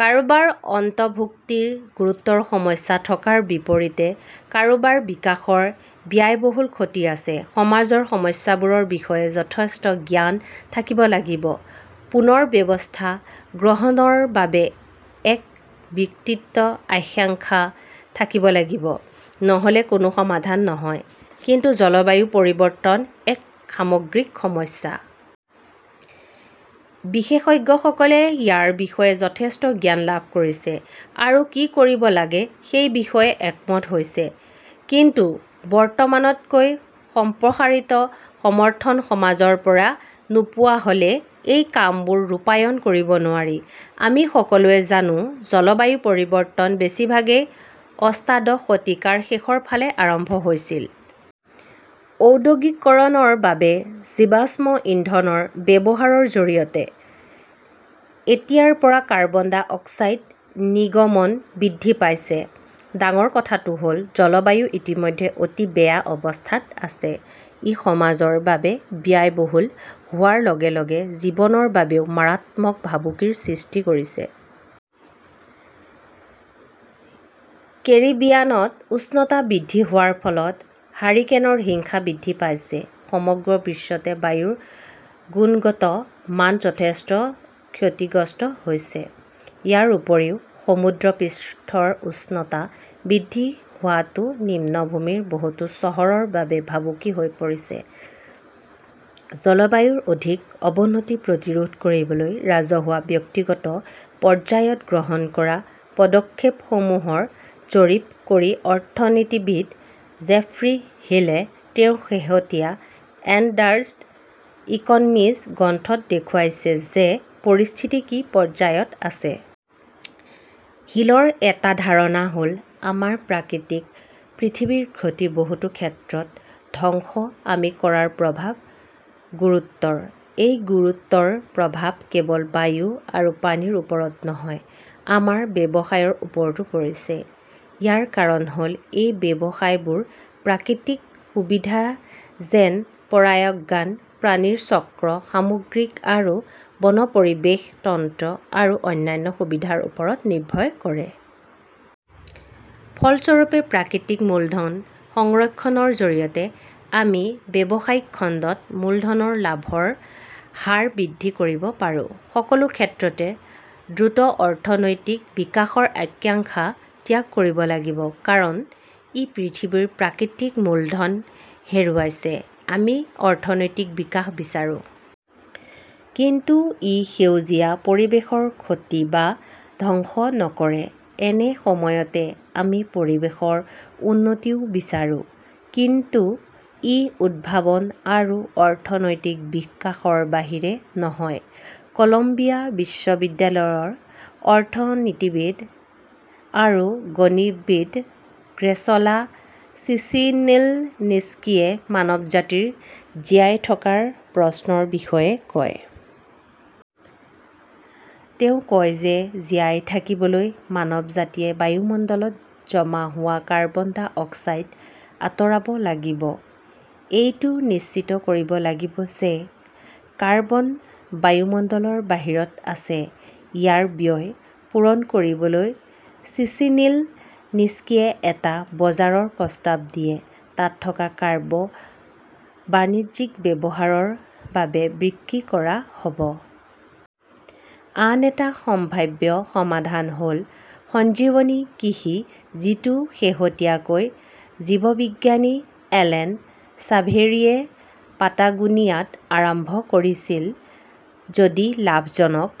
কাৰোবাৰ অন্তৰ্ভুক্তিৰ গুৰুতৰ সমস্যা থকাৰ বিপৰীতে কাৰোবাৰ বিকাশৰ ব্যয়বহুল ক্ষতি আছে। সমাজৰ সমস্যাবোৰৰ বিষয়ে যথেষ্ট জ্ঞান থাকিব লাগিব। পুনৰ ব্যৱস্থা গ্ৰহণৰ বাবে এক বিস্তৃত আকাংক্ষা থাকিব লাগিব। নহ "লে কোনো সমাধান নহয়। কিন্তু জলবায়ু পৰিৱৰ্তন এক সামগ্ৰিক সমস্যা। বিশেষজ্ঞসকলে ইয়াৰ বিষয়ে যথেষ্ট জ্ঞান লাভ কৰিছে আৰু কি কৰিব লাগে সেই বিষয়ে একমত হৈছে। কিন্তু বৰ্তমানতকৈ সম্প্ৰসাৰিত সমৰ্থন সমাজৰ পৰা নোপোৱা হ "লে এই কামবোৰ ৰূপায়ণ কৰিব নোৱাৰি। আমি সকলোৱে জানো, জলবায়ু পৰিৱৰ্তন বেছিভাগেই অষ্টাদশ শতিকাৰ শেষৰ ফালে আৰম্ভ হৈছিল। ঔদ্যোগিকৰণৰ বাবে জীৱাশ্ম ইন্ধনৰ ব্যৱহাৰৰ জৰিয়তে। তেতিয়াৰ পৰা কাৰ্বন ডাই অক্সাইড নিৰ্গমন বৃদ্ধি পাইছে। ডাঙৰ কথাটো হ 'ল, জলবায়ু ইতিমধ্যে অতি বেয়া অৱস্থাত আছে। ই সমাজৰ বাবে ব্যয়বহুল হোৱাৰ লগে লগে জীৱনৰ বাবেও মাৰাত্মক ভাবুকিৰ সৃষ্টি কৰিছে। কেৰিবিয়ানত উষ্ণতা বৃদ্ধি হোৱাৰ ফলত হাৰিকেনৰ হিংসা বৃদ্ধি পাইছে। সমগ্ৰ বিশ্বতে বায়ুৰ গুণগত মান যথেষ্ট ক্ষতিগ্ৰস্ত হৈছে। ইয়াৰ উপৰিও সমুদ্ৰপৃষ্ঠৰ উচ্চতা বৃদ্ধি হোৱাটো নিম্নভূমিৰ বহুতো চহৰৰ বাবে ভাবুকি হৈ পৰিছে। জলবায়ুৰ অধিক অৱনতি প্ৰতিৰোধ কৰিবলৈ ৰাজহুৱা-ব্যক্তিগত পৰ্যায়ত গ্ৰহণ কৰা পদক্ষেপসমূহৰ জৰীপ কৰি অৰ্থনীতিবিদ জেফ্ৰী হিলে তেওঁৰ শেহতীয়া এণ্ডেঞ্জাৰ্ড ইকনমিজ গ্ৰন্থত দেখুৱাইছে যে পৰিস্থিতি কি পৰ্যায়ত আছে। হিলৰ এটা ধাৰণা হ "ল, আমাৰ প্ৰাকৃতিক পৃথিৱীৰ ক্ষতি-বহুতো ক্ষেত্ৰত ধ্বংস-আমি কৰাৰ প্ৰভাৱ গুৰুতৰ। এই গুৰুতৰ প্ৰভাৱ কেৱল বায়ু আৰু পানীৰ ওপৰত নহয়, আমাৰ ব্যৱসায়ৰ ওপৰতো পৰিছে। ইয়াৰ কাৰণ হ "ল এই ব্যৱসায়বোৰ প্ৰাকৃতিক সুবিধা যেনে পৰাগায়ন, পানীৰ চক্ৰ, সামুদ্ৰিক আৰু বন পৰিৱেশ তন্ত্ৰ আৰু অন্যান্য সুবিধাৰ ওপৰত নিৰ্ভৰ কৰে। ফলস্বৰূপে 'প্ৰাকৃতিক মূলধন "সংৰক্ষণৰ জৰিয়তে আমি ব্যৱসায়িক খণ্ডত মূলধনৰ লাভৰ হাৰ বৃদ্ধি কৰিব পাৰোঁ। সকলো ক্ষেত্ৰতে দ্ৰুত অৰ্থনৈতিক বিকাশৰ আকাংক্ষা ত্যাগ কৰিব লাগিব। কাৰণ, ই পৃথিৱীৰ প্ৰাকৃতিক মূলধন হেৰুৱাইছে। আমি অৰ্থনৈতিক বিকাশ বিচাৰো। কিন্তু ই 'সেউজীয়া "পৰিৱেশৰ ক্ষতি বা ধ্বংস নকৰে। একে সময়তে আমি পৰিৱেশৰ উন্নতিও বিচাৰো। কিন্তু ই উদ্ভাৱন আৰু অৰ্থনৈতিক বিকাশৰ বাহিৰে নহয়। কলম্বিয়া বিশ্ববিদ্যালয়ৰ অৰ্থনীতিবিদ আৰু গণিতবিদ গ্ৰেচেলা চিচিনিলনিস্কিয়ে মানৱজাতিৰ জীয়াই থকাৰ প্ৰশ্নৰ বিষয়ে কয়। তেওঁ কয় যে জীয়াই থাকিবলৈ মানৱজাতিয়ে বায়ুমণ্ডলত জমা হোৱা কাৰ্বন ডাই অক্সাইড আঁতৰাব লাগিব। এইটোও নিশ্চিত কৰিব লাগিব যে কাৰ্বন বায়ুমণ্ডলৰ বাহিৰত আছে। ইয়াৰ ব্যয় পূৰণ কৰিবলৈ চিচিনিলনিস্কিয়ে এটা বজাৰৰ প্ৰস্তাৱ দিছে। তাত থকা কাৰ্বন বাণিজ্যিক ব্যৱহাৰৰ বাবে বিক্ৰী কৰা হ "ব। আন এটা সম্ভাৱ্য সমাধান হ "ল 'সঞ্জীৱনী কৃষি", যিটো শেহতীয়াকৈ জীৱবিজ্ঞানী এলেন ছাভেৰীয়ে পাটাগোনিয়াত আৰম্ভ কৰিছিল। যদি লাভজনক